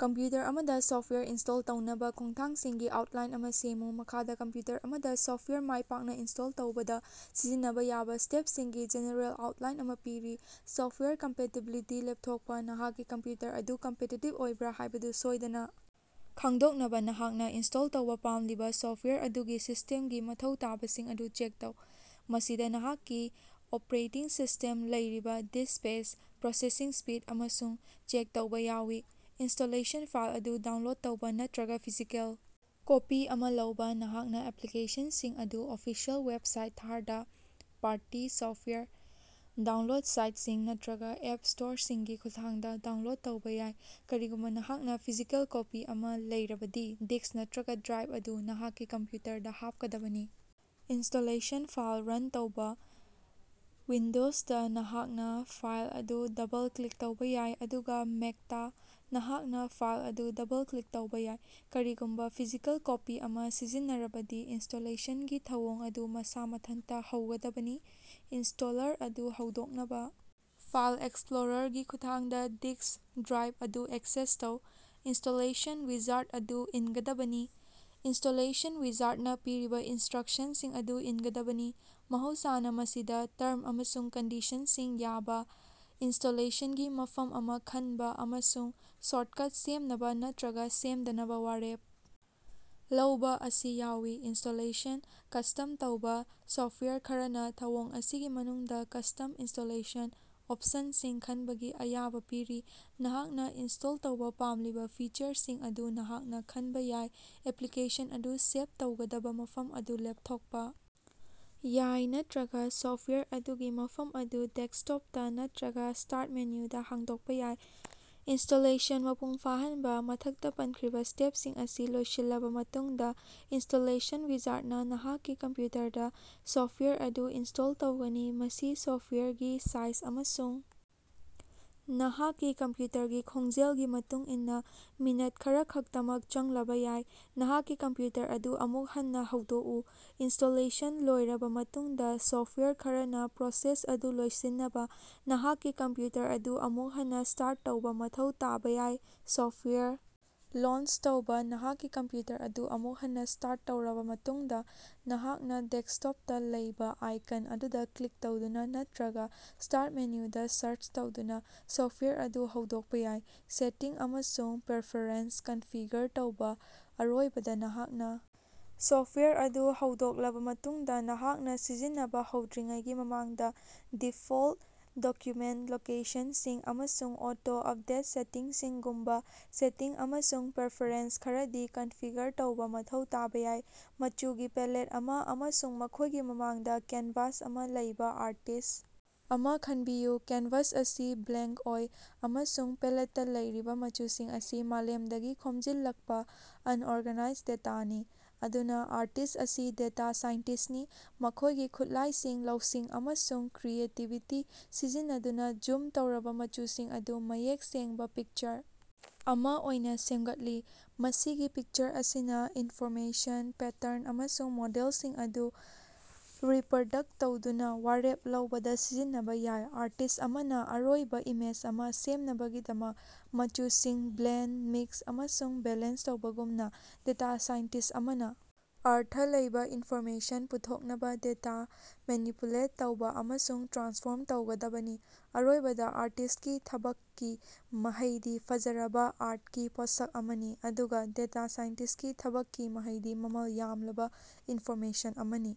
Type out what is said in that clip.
Computer ꯑꯃꯗꯥ software install ꯇꯧꯅꯕꯥ ꯈꯣꯡꯊꯥꯡꯁꯤꯡꯒꯤ ꯑꯥꯎꯇꯂꯥꯏꯟ ꯑꯃꯥ ꯁꯦꯝꯃꯨ꯫ ꯃꯈꯥꯗꯥ ꯀꯝꯞꯌꯨꯇꯔ ꯑꯃꯗꯥ ꯁꯣꯐꯇꯋꯥꯌꯔ ꯃꯥꯢꯄꯥꯛꯅꯥ ꯏꯟꯁꯇꯣꯜ ꯇꯧꯕꯗꯥ ꯁꯤꯖꯤꯟꯅꯕꯥ ꯌꯥꯕꯥ ꯁ꯭ꯇꯦꯞꯁꯤꯡꯒꯤ ꯖꯦꯅꯦꯔꯦꯜ ꯑꯥꯎꯇꯂꯥꯏꯟ ꯑꯃꯥ ꯄꯤꯔꯤ: ꯁꯣꯐꯇꯋꯥꯌꯔ ꯀꯝꯄꯦꯇꯤꯕꯤꯂꯤꯇꯤ ꯂꯦꯄꯊꯣꯀꯄꯥ: ꯅꯍꯥꯛꯀꯤ ꯀꯝꯄ꯭ꯌꯨꯇꯔ ꯑꯗꯨ ꯀꯝꯄꯦꯇꯤꯇꯤꯕ ꯑꯣꯏꯕ꯭ꯔꯥ ꯍꯥꯢꯕꯗꯨ ꯁꯣꯢꯗꯅꯥ ꯈꯪꯗꯣꯛꯅꯕꯥ ꯅꯍꯥꯛꯅꯥ ꯏꯟꯁꯇꯣꯜ ꯇꯧꯕꯥ ꯄꯥꯝꯂꯤꯕꯥ ꯁꯣꯐꯇꯋꯥꯌꯔ ꯑꯗꯨꯒꯤ ꯁꯤꯁꯇꯦꯝꯒꯤ ꯃꯊꯧ ꯇꯥꯕꯁꯤꯡ ꯑꯗꯨ ꯆꯦꯛ ꯇꯧ꯫ ꯃꯁꯤꯗꯥ ꯅꯍꯥꯛꯀꯤ ꯑꯣꯄ꯭ꯔꯦꯇꯤꯡ ꯁꯤꯁꯇꯦꯝ ꯂꯩꯔꯤꯕꯥ ꯗꯤꯁ ꯁ꯭ꯄꯦꯁ, ꯄ꯭ꯔꯣꯁꯦꯁꯤꯡ ꯁ꯭ꯄꯤꯗ ꯑꯃꯁꯨꯡ ꯆꯦꯛ ꯇꯧꯕꯥ ꯌꯥꯎꯏ꯫ ꯏꯟꯁꯇꯣꯂꯦꯁꯟ ꯐꯥꯏꯜ ꯑꯗꯨ ꯗꯥꯎꯅꯂꯣꯗ ꯇꯧꯕꯥ ꯅꯠꯇ꯭ꯔꯒꯥ ꯐꯤꯖꯤꯀꯦꯜ ꯀꯣꯄꯤ ꯑꯃꯥ ꯂꯧꯕꯥ: ꯅꯍꯥꯛꯅꯥ ꯑꯦꯄ꯭ꯂꯤꯀꯦꯁꯟꯁꯤꯡ ꯑꯗꯨ official website third party software download ꯁꯥꯏꯇꯁꯤꯡ ꯅꯠꯇ꯭ꯔꯒꯥ ꯑꯦꯞ ꯁ꯭ꯇꯣꯔꯁꯤꯡꯒꯤ ꯈꯨꯠꯊꯥꯡꯗꯥ ꯗꯥꯎꯅꯂꯣꯗ ꯇꯧꯕꯥ ꯌꯥꯏ꯫ ꯀꯔꯤꯒꯨꯝꯕꯥ ꯅꯍꯥꯛꯅꯥ ꯐꯤꯖꯤꯀꯦꯜ ꯀꯣꯄꯤ ꯑꯃꯥ ꯂꯩꯔꯕꯗꯤ ꯗꯤꯛꯁ ꯅꯠꯇ꯭ꯔꯒꯥ ꯗ꯭ꯔꯥꯏꯚ ꯑꯗꯨ ꯅꯍꯥꯛꯀꯤ ꯀꯝꯄ꯭ꯌꯨꯇꯔꯗꯥ ꯍꯥꯞꯀꯗꯕꯅꯤ꯫ ꯏꯟꯁꯇꯣꯂꯦꯁꯟ ꯐꯥꯏꯜ ꯔꯟ ꯇꯧꯕꯥ: ꯎꯏꯟꯗꯣꯖꯗꯥ ꯅꯍꯥꯛꯅꯥ ꯐꯥꯏꯜ ꯑꯗꯨ ꯗꯕꯜ-ꯀ꯭ꯂꯤꯛ ꯇꯧꯕꯥ ꯌꯥꯏ ꯑꯗꯨꯒꯥ ꯃꯦꯛꯇꯥ ꯅꯍꯥꯛꯅꯥ ꯐꯥꯏꯜ ꯑꯗꯨ ꯗꯕꯜ-ꯀ꯭ꯂꯤꯛ ꯇꯧꯕꯥ ꯌꯥꯏ꯫ ꯀꯔꯤꯒꯨꯝꯕꯥ ꯐꯤꯖꯤꯀꯦꯜ ꯀꯣꯄꯤ ꯑꯃꯥ ꯁꯤꯖꯤꯟꯅꯔꯕꯗꯤ ꯏꯟꯁꯇꯣꯂꯦꯁꯟꯒꯤ ꯊꯧꯑꯣꯡ ꯑꯗꯨ ꯃꯁꯥ ꯃꯊꯟꯇꯥ ꯍꯧꯒꯗꯕꯅꯤ꯫ ꯏꯅꯁ꯭ꯇꯣꯂꯔ ꯑꯗꯨ ꯍꯧꯗꯣꯛꯅꯕꯥ ꯐꯥꯏꯜ ꯑꯦꯛꯁꯄ꯭ꯂꯣꯔꯥꯔꯒꯤ ꯈꯨꯠꯊꯥꯡꯗꯥ ꯗꯤꯛꯁ/ꯗ꯭ꯔꯥꯏꯚ ꯑꯗꯨ ꯑꯦꯛꯁꯦꯁ ꯇꯧ꯫ ꯏꯟꯁꯇꯣꯂꯦꯁꯟ ꯋꯤꯖꯥꯔꯗ ꯑꯗꯨ ꯏꯟꯒꯗꯕꯅꯤ ꯏꯅꯟꯁꯇꯣꯂꯦꯁꯟ ꯋꯤꯖꯥꯔꯗꯅꯥ ꯄꯤꯔꯤꯕꯥ ꯏꯟꯁꯇ꯭ꯔꯛꯁꯟꯁꯤꯡ ꯑꯗꯨ ꯏꯟꯒꯗꯕꯅꯤ꯫ ꯃꯍꯧꯁꯥꯅꯥ ꯃꯁꯤꯗꯥ ꯇꯔꯝ ꯑꯃꯁꯨꯡ ꯀꯟꯗꯤꯁꯟꯁꯤꯡ ꯌꯥꯕꯥ ꯏꯅꯟꯁꯇꯣꯂꯦꯁꯟꯒꯤ ꯃꯐꯝ ꯑꯃꯥ ꯈꯟꯕꯥ ꯑꯃꯁꯨꯡ ꯁꯣꯔꯇꯀꯠ ꯁꯦꯝꯅꯕꯥ ꯅꯠꯇ꯭ꯔꯒꯥ ꯁꯦꯝꯗꯅꯕꯥ ꯋꯥꯔꯦꯞ ꯂꯧꯕꯥ ꯑꯁꯤ ꯌꯥꯎꯏ꯫ ꯏꯟꯁꯇꯣꯂꯦꯁꯟ ꯀꯁ꯭ꯇꯝ ꯇꯧꯕꯥ ꯁꯣꯐꯇꯋꯦꯔ ꯈꯔꯅꯥ ꯊꯧꯑꯣꯡ ꯑꯁꯤꯒꯤ ꯃꯅꯨꯡꯗꯥ ꯀꯁ꯭ꯇꯝ ꯏꯟꯁꯇꯣꯂꯦꯁꯟ ꯑꯣꯄꯁꯟꯁꯤꯡ ꯈꯟꯕꯒꯤ ꯑꯌꯥꯕꯥ ꯄꯤꯔꯤ꯫ ꯅꯍꯥꯛꯅꯥ ꯏꯟꯁꯇꯣꯜ ꯇꯧꯕꯥ ꯄꯥꯝꯂꯤꯕꯥ ꯐꯤꯆꯔꯁꯤꯡ ꯑꯗꯨ ꯅꯍꯥꯛꯅꯥ ꯈꯟꯕꯥ ꯌꯥꯏ ꯑꯦꯄ꯭ꯂꯤꯀꯦꯁꯟ ꯑꯗꯨ ꯁꯦꯚ ꯇꯧꯒꯗꯕꯥ ꯃꯐꯝ ꯑꯗꯨ ꯂꯦꯞꯊꯣꯛꯄꯥ ꯌꯥꯏ ꯅꯠꯇ꯭ꯔꯒꯥ ꯁꯣꯐꯇꯋꯥꯌꯔ ꯑꯗꯨꯒꯤ ꯃꯐꯝ ꯑꯗꯨ ꯗꯦꯁ꯭ꯀꯇꯣꯄꯇꯥ ꯅꯠꯇ꯭ꯔꯒꯥ ꯁ꯭ꯇꯥꯔꯠ ꯃꯦꯅꯨꯗꯥ ꯍꯣꯡꯗꯣꯀꯄꯥ ꯌꯥꯏ꯫ ꯏꯅꯟꯁꯇꯣꯂꯦꯁꯟ ꯃꯄꯨꯡ ꯐꯥꯍꯟꯕꯥ: ꯃꯊꯛꯇꯥ ꯄꯟꯈ꯭ꯔꯤꯕꯥ ꯁ꯭ꯇꯦꯄꯁꯤꯡ ꯑꯁꯤ ꯂꯣꯢꯁꯤꯜꯂꯕꯥ ꯃꯇꯨꯡꯗꯥ, ꯏꯟꯁꯇꯣꯂꯦꯁꯟ ꯋꯤꯖꯥꯔꯗꯅꯥ ꯅꯍꯥꯛꯀꯤ ꯀꯝꯄ꯭ꯌꯨꯇꯔꯗꯥ ꯁꯣꯐꯇꯋꯥꯌꯔ ꯑꯗꯨ ꯏꯅꯁ꯭ꯇꯣꯜ ꯇꯧꯒꯅꯤ꯫ ꯃꯁꯤ ꯁꯣꯐꯇꯋꯥꯌꯔꯒꯤ ꯁꯥꯏꯖ ꯑꯃꯁꯨꯡ ꯅꯍꯥꯛꯀꯤ ꯀꯝꯄ꯭ꯌꯨꯇꯔꯒꯤ ꯈꯣꯡꯖꯦꯜꯒꯤ ꯃꯇꯨꯡꯏꯟꯅꯥ ꯃꯤꯅꯠ ꯈꯔꯈꯛꯇꯃꯛ ꯆꯪꯂꯕꯥ ꯌꯥꯏ꯫ ꯅꯍꯥꯛꯀꯤ ꯀꯝꯄ꯭ꯌꯨꯇꯔ ꯑꯗꯨ ꯑꯃꯨꯛ ꯍꯟꯅꯥ ꯍꯧꯗꯣꯛꯎ ꯏꯅꯟꯁꯇꯣꯂꯦꯁꯟ ꯂꯣꯌꯔꯕꯥ ꯃꯇꯨꯡꯗꯥ ꯁꯣꯐꯇꯋꯥꯌꯔ ꯈꯔꯅꯥ ꯄ꯭ꯔꯣꯁꯦꯁ ꯑꯗꯨ ꯂꯣꯢꯁꯤꯟꯅꯕꯥ ꯅꯍꯥꯛꯀꯤ ꯀꯝꯄ꯭ꯌꯨꯇꯔ ꯑꯗꯨ ꯑꯃꯨꯛ ꯍꯟꯅꯥ ꯁ꯭ꯇꯥꯔꯠ ꯇꯧꯕꯥ ꯃꯊꯧ ꯇꯥꯕꯥ ꯌꯥꯏ꯫ ꯁꯣꯐ꯭ꯇꯋꯦꯔ ꯂꯣꯟꯆ ꯇꯧꯕꯥ: ꯅꯍꯥꯛꯀꯤ ꯀꯝꯄ꯭ꯌꯨꯇꯔ ꯑꯗꯨ ꯑꯃꯨꯛ ꯍꯟꯅꯥ ꯁ꯭ꯇꯥꯔꯠ ꯇꯧꯔꯕꯥ ꯃꯇꯨꯡꯗꯥ ꯅꯍꯥꯛꯅꯥ ꯗꯦꯛꯁꯇꯣꯞꯇꯥ ꯂꯩꯕꯥ ꯑꯥꯏꯀꯟ ꯑꯗꯨꯗꯥ ꯀ꯭ꯂꯤꯛ ꯇꯧꯗꯨꯅꯥ ꯅꯠꯇ꯭ꯔꯒꯥ ꯁ꯭ꯇꯥꯔꯠ ꯃꯦꯅꯨꯗꯥ ꯁꯥꯔꯆ ꯇꯧꯗꯨꯅꯥ ꯁꯣꯐꯇꯋꯥꯌꯔ ꯑꯗꯨ ꯍꯧꯗꯣꯛꯄꯥ ꯌꯥꯏ꯫ ꯁꯦꯇꯤꯡ ꯑꯃꯁꯨꯡ ꯄꯔꯐꯦꯔꯦꯟꯁ ꯀꯟꯐꯤꯒꯔ ꯇꯧꯕ ꯑꯔꯣꯏꯕꯗꯥ ꯅꯍꯥꯛꯅꯥ ꯁꯣꯐ꯭ꯇꯋꯥꯌꯔ ꯑꯗꯨ ꯍꯧꯗꯣꯛꯂꯕꯥ ꯃꯇꯨꯡꯗꯥ ꯅꯍꯥꯛꯅꯥ ꯁꯤꯖꯤꯟꯅꯕꯥ ꯍꯧꯗ꯭ꯔꯤꯉꯩꯒꯤ ꯃꯃꯥꯡꯗꯥ ꯗꯤꯐꯣꯜꯇ ꯗꯣꯀ꯭ꯌꯨꯃꯦꯟꯇ ꯂꯣꯀꯦꯁꯟꯁꯤꯡ ꯑꯃꯁꯨꯡ ꯑꯣꯇꯣ-ꯎꯞꯗꯦꯠ ꯁꯦꯇꯤꯡꯁꯤꯡꯒꯨꯝꯕꯥ ꯁꯦꯇꯤꯡ ꯑꯃꯁꯨꯡ ꯄꯔꯐꯦꯔꯦꯟꯁ ꯈꯔꯗꯤ ꯀꯟꯐꯤꯒꯔ ꯇꯧꯕꯥ ꯃꯊꯧ ꯇꯥꯕꯥ ꯌꯥꯏ꯫ ꯃꯆꯨꯒꯤ ꯄꯦꯂꯦꯠ ꯑꯃꯥ ꯑꯃꯁꯨꯡ ꯃꯈꯣꯢꯒꯤ ꯃꯃꯥꯡꯗꯥ ꯀꯦꯟꯚꯥꯁ ꯑꯃꯥ ꯂꯩꯕꯥ ꯑꯥꯔꯇꯤꯁ꯭ ꯑꯃꯥ ꯈꯟꯕꯤꯌꯨ꯫ ꯀꯦꯟꯚꯥꯁ ꯑꯁꯤ ꯕ꯭ꯂꯦꯡꯀ ꯑꯣꯢ ꯑꯃꯁꯨꯡ ꯄꯦꯂꯦꯠꯇꯥ ꯂꯩꯔꯤꯕꯥ ꯃꯆꯨꯁꯤꯡ ꯑꯁꯤ ꯃꯥꯂꯦꯝꯗꯒꯤ ꯈꯣꯃꯖꯤꯜꯂꯛꯄꯥ ꯑꯟꯑꯣꯔꯒꯅꯥꯏꯖ ꯗꯦꯇꯥꯅꯤ꯫ ꯑꯗꯨꯅꯥ ꯑꯥꯔꯇꯤꯁ꯭ꯠ ꯑꯁꯤ ꯗꯦꯇꯥ ꯁꯥꯏꯟꯇꯤꯁ꯭ꯇꯅꯤ, ꯃꯈꯣꯢꯒꯤ ꯈꯨꯠꯂꯥꯢꯁꯤꯡ ꯂꯧꯁꯤꯡ ꯑꯃꯁꯨꯡ ꯀ꯭ꯔꯤꯌꯦꯇꯤꯕꯤꯇꯤ ꯁꯤꯖꯤꯟꯅꯗꯨꯅꯥ ꯖꯨꯝ ꯇꯧꯔꯕꯥ ꯃꯆꯨꯁꯤꯡ ꯑꯗꯨ ꯃꯌꯦꯛ ꯁꯦꯡꯕꯥ ꯄꯤꯀꯆꯔ ꯑꯃꯥ ꯑꯣꯏꯅꯥ ꯁꯦꯃꯒꯠꯂꯤ꯫ ꯃꯁꯤꯒꯤ ꯄꯤꯛꯆꯔ ꯑꯁꯤꯅꯥ ꯏꯟꯐꯣꯔꯃꯦꯁꯟ, ꯄꯦꯇꯔꯟ ꯑꯃꯁꯨꯡ ꯃꯣꯗꯦꯂꯁꯤꯡ ꯑꯗꯨ ꯔꯤꯞꯔꯗꯛꯇ ꯇꯧꯗꯨꯅꯥ ꯋꯥꯔꯦꯞ ꯂꯧꯕꯗꯥ ꯁꯤꯖꯤꯟꯅꯕꯥ ꯌꯥꯏ꯫ ꯑꯥꯔꯇꯤꯁ ꯑꯃꯅꯥ ꯑꯔꯣꯏꯕꯥ ꯏꯃꯦꯖ ꯑꯃꯥ ꯁꯦꯝꯅꯕꯒꯤꯗꯃꯛ ꯃꯆꯨꯁꯤꯡ ꯕ꯭ꯂꯦꯟꯗ, ꯃꯤꯛꯁ ꯑꯃꯁꯨꯡ ꯕꯦꯂꯦꯟꯁ ꯇꯧꯕꯒꯨꯝꯅꯥ, ꯗꯦꯇꯥ ꯁꯥꯏꯟꯇꯤꯁ꯭ꯠ ꯑꯃꯅꯥ ꯑꯔꯊ ꯂꯩꯕꯥ ꯏꯟꯐꯣꯔꯃꯦꯁꯟ ꯄꯨꯊꯣꯛꯅꯕꯥ ꯗꯦꯇꯥ ꯃꯦꯅꯤꯄꯨꯂꯦꯠ ꯇꯧꯕꯥ ꯑꯃꯁꯨꯡ ꯇ꯭ꯔꯥꯟꯁꯐꯣꯔꯝ ꯇꯧꯒꯗꯕꯅꯤ꯫ ꯑꯔꯣꯏꯕꯗꯥ ꯑꯥꯔꯇꯤꯁ ꯀꯤ ꯊꯕꯛꯀꯤ ꯃꯍꯩꯗꯤ ꯐꯖꯔꯕꯥ ꯑꯥꯔꯇꯀꯤ ꯄꯣꯠꯁꯛ ꯑꯃꯅꯤ ꯑꯗꯨꯒꯥ ꯗꯦꯇꯥ ꯁꯥꯏꯟꯇꯤꯁꯀꯤ ꯊꯕꯛꯀꯤ ꯃꯍꯩꯗꯤ ꯃꯃꯜ ꯌꯥꯝꯂꯕꯥ ꯏꯟꯐꯣꯔꯃꯦꯁꯟ ꯑꯃꯅꯤ꯫